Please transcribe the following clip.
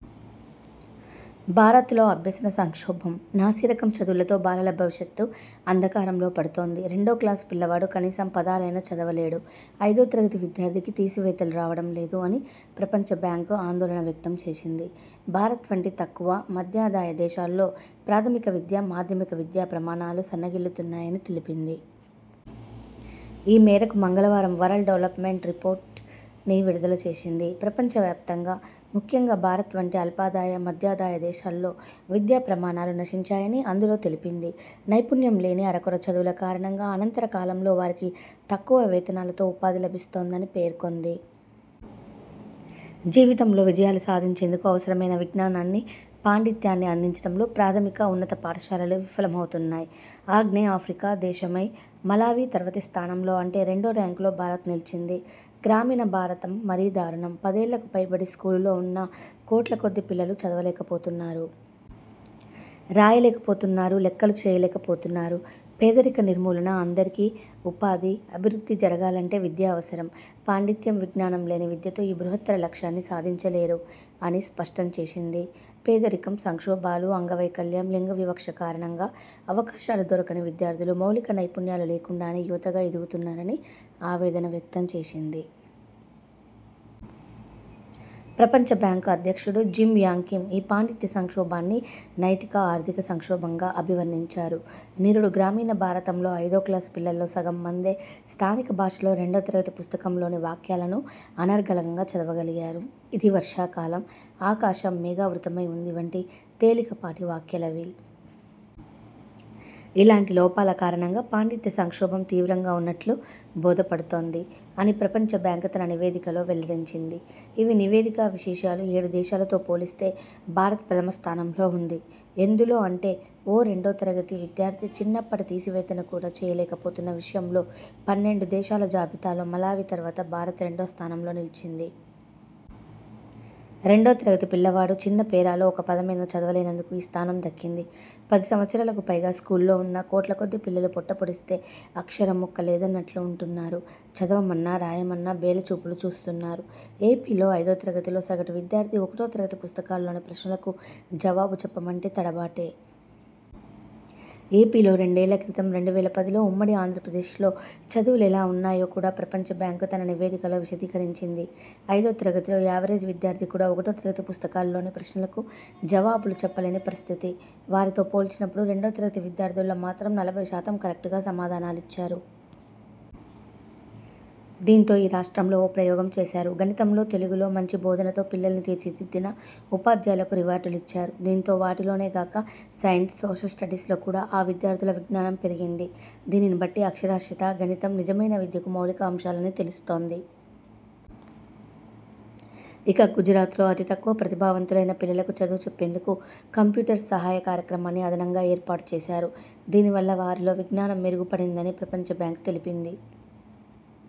భారత్లో అభ్యసన సంక్షోభం!.. నాసిరకం చదువులతో బాలల భవిష్యత్ అంధకారంలో పడుతోంది. రెండో క్లాసు పిల్లవాడు కనీసం పదాలైనా చదవలేడు. ఐదో తరగతి విద్యార్థికి తీసివేతలు రావడం లేదు' అని ప్రపంచబ్యాంకు ఆందోళన వ్యక్తం చేసింది. భారత్ వంటి తక్కువ, మధ్యాదాయ దేశాల్లో ప్రాథమిక విద్య, మాధ్యమిక విద్య ప్రమాణాలు సన్నగిల్లుతున్నాయని తెలిపింది. ఈ మేరకు మంగళవారం వరల్డ్ డెవల్పమెంట్ రిపోర్ట్- 'ని విడుదల చేసింది. ప్రపంచవ్యాప్తంగా.. ముఖ్యంగా భారత్ వంటి అల్పాదాయ, మధ్యాదాయ దేశాల్లో విద్యా ప్రమాణాలు నశించాయని అందులో తెలిపింది. నైపుణ్యం లేని అరకొర చదువుల కారణంగా అనంతర కాలంలో వారికి తక్కువ వేతనాలతో ఉపాధి లభిస్తోందని పేర్కొంది. 'జీవితంలో విజయాలు సాధించేందుకు అవసరమైన విజ్ఞానాన్ని, పాండిత్యాన్ని అందించడంలో ప్రాథమిక, ఉన్నత పాఠశాలలు విఫలమవుతున్నాయి. ఆగ్నేయ ఆఫ్రికా దేశమై మలావి తర్వాతి స్థానంలో.. అంటే రెండో ర్యాంకులో భారత్ నిలిచింది. గ్రామీణ భారతం మరీ దారుణం. పదేళ్లకు పైబడి స్కూలులో ఉన్నా కోట్ల కొద్దీ పిల్లలు చదవలేకపోతున్నారు.. రాయలేకపోతున్నారు.. లెక్కలూ చేయలేకపోతున్నారు. 'పేదరిక నిర్మూలన, అందరికీ ఉపాధి, అభివృద్ధి జరగాలంటే విద్య అవసరం. పాండిత్యం, విజ్ఞానం లేని విద్యతో ఈ బృహత్తర లక్ష్యాన్ని సాధించలేరు' అని స్పష్టం చేసింది. పేదరికం, సంక్షోభాలు, అంగవైకల్యం, లింగవివక్ష కారణంగా అవకాశాలు దొరకని విద్యార్థులు మౌలిక నైపుణ్యాలు లేకుండానే యువతగా ఎదుగుతున్నారని ఆవేదన వ్యక్తంచేసింది. ప్రపంచబ్యాంకు అధ్యక్షుడు జిమ్ యాంగ్ కిమ్ ఈ పాండిత్య సంక్షోభాన్ని నైతిక, ఆర్థిక సంక్షోభంగా అభివర్ణించారు. 'నిరుడు గ్రామీణ భారతంలో ఐదో క్లాసు పిల్లల్లో సగం మందే స్థానిక భాషలో రెండో తరగతి పుస్తకంలోని వాక్యాలను అనర్గళంగా చదవగలిగారు. ఇది వర్షాకాలం.. ఆకాశం మేఘావృతమై ఉంది వంటి తేలికపాటి వాక్యాలవి. ఇలాంటి లోపాల కారణంగా పాండిత్య సంక్షోభం తీవ్రంగా ఉన్నట్లు బోధపడుతోంది' అని ప్రపంచబ్యాంకు తన నివేదికలో వెల్లడించింది. ఇవీ నివేదిక విశేషాలుఏడు దేశాలతో పోలిస్తే భారత్ ప్రథమ స్థానంలో ఉంది. ఎందులో అంటేఓ రెండో తరగతి విద్యార్థి చిన్నప్పటి తీసివేతను కూడా చేయలేకపోతున్న విషయంలో..! పన్నెండు దేశాల జాబితాలో మలావి తర్వాత భారత్ రెండో స్థానంలో నిలిచింది. రెండో తరగతి పిల్లవాడు చిన్న పేరాలో ఒక్క పదమైనా చదవలేనందుకు ఈ స్థానం దక్కింది. పది సంవత్సరాలకు పైగా స్కూలులో ఉన్నా కోట్ల కొద్దీ పిల్లలు 'పొట్ట పొడిస్తే అక్షరం ముక్క లేదన్న'ట్లు ఉంటున్నారు. చదవమన్నా.. రాయమన్నా బేల చూపులు చూస్తున్నారు. ఏపీలో ఐదో తరగతిలో సగటు విద్యార్థి ఒకటో తరగతి పుస్తకాల్లోని ప్రశ్నలకు జవాబు చెప్పమంటే తడబాటే. ఏపీలో రెండేళ్ల క్రితం రెండువేల పదిలో ఉమ్మడి ఆంధ్రప్రదేశ్లో చదువులెలా ఉన్నాయో కూడా ప్రపంచబ్యాంకు తన నివేదికలో విశదీకరించింది. ఐదో తరగతిలో యావరేజ్ విద్యార్థి కూడా ఒకటో తరగతి పుస్తకాల్లోని ప్రశ్నలకు జవాబులు చెప్పలేని పరిస్థితి. వారితో పోల్చినప్పుడు రెండో తరగతి విద్యార్థుల్లో మాత్రం నలబై శాతం కరెక్టుగా సమాధానాలిచ్చారు. దీంతో ఈ రాష్ట్రంలో ఓ ప్రయోగం చేశా రు. గణితంలో, తెలుగులో మంచి బోధనతో పిల్లలను తీర్చిదిద్దిన ఉపాధ్యాయులకు రివార్డులిచ్చారు. దీంతో వాటిలోనే గాక సైన్స్, సోషల్ స్టడీస్ లో కూడా ఆ విద్యార్థుల విజ్ఞానం పెరిగిం ది. దీనినిబట్టి అక్షరాస్యత, గణితం.. నిజమైన విద్యకు మౌలిక అంశాలని తెలుస్తోంది. ఇక, గుజరాత్లో అతి తక్కువ ప్రతిభావంతులైన పిల్లలకు చదువు చెప్పేందుకు కంప్యూటర్ సహా య కార్యక్రమాన్ని అదనంగా ఏర్పాటు చేశారు. దీనివల్ల వారి లో విజ్ఞానం మెరుగుపడిందని ప్రపంచబ్యాంకు తెలిపింది.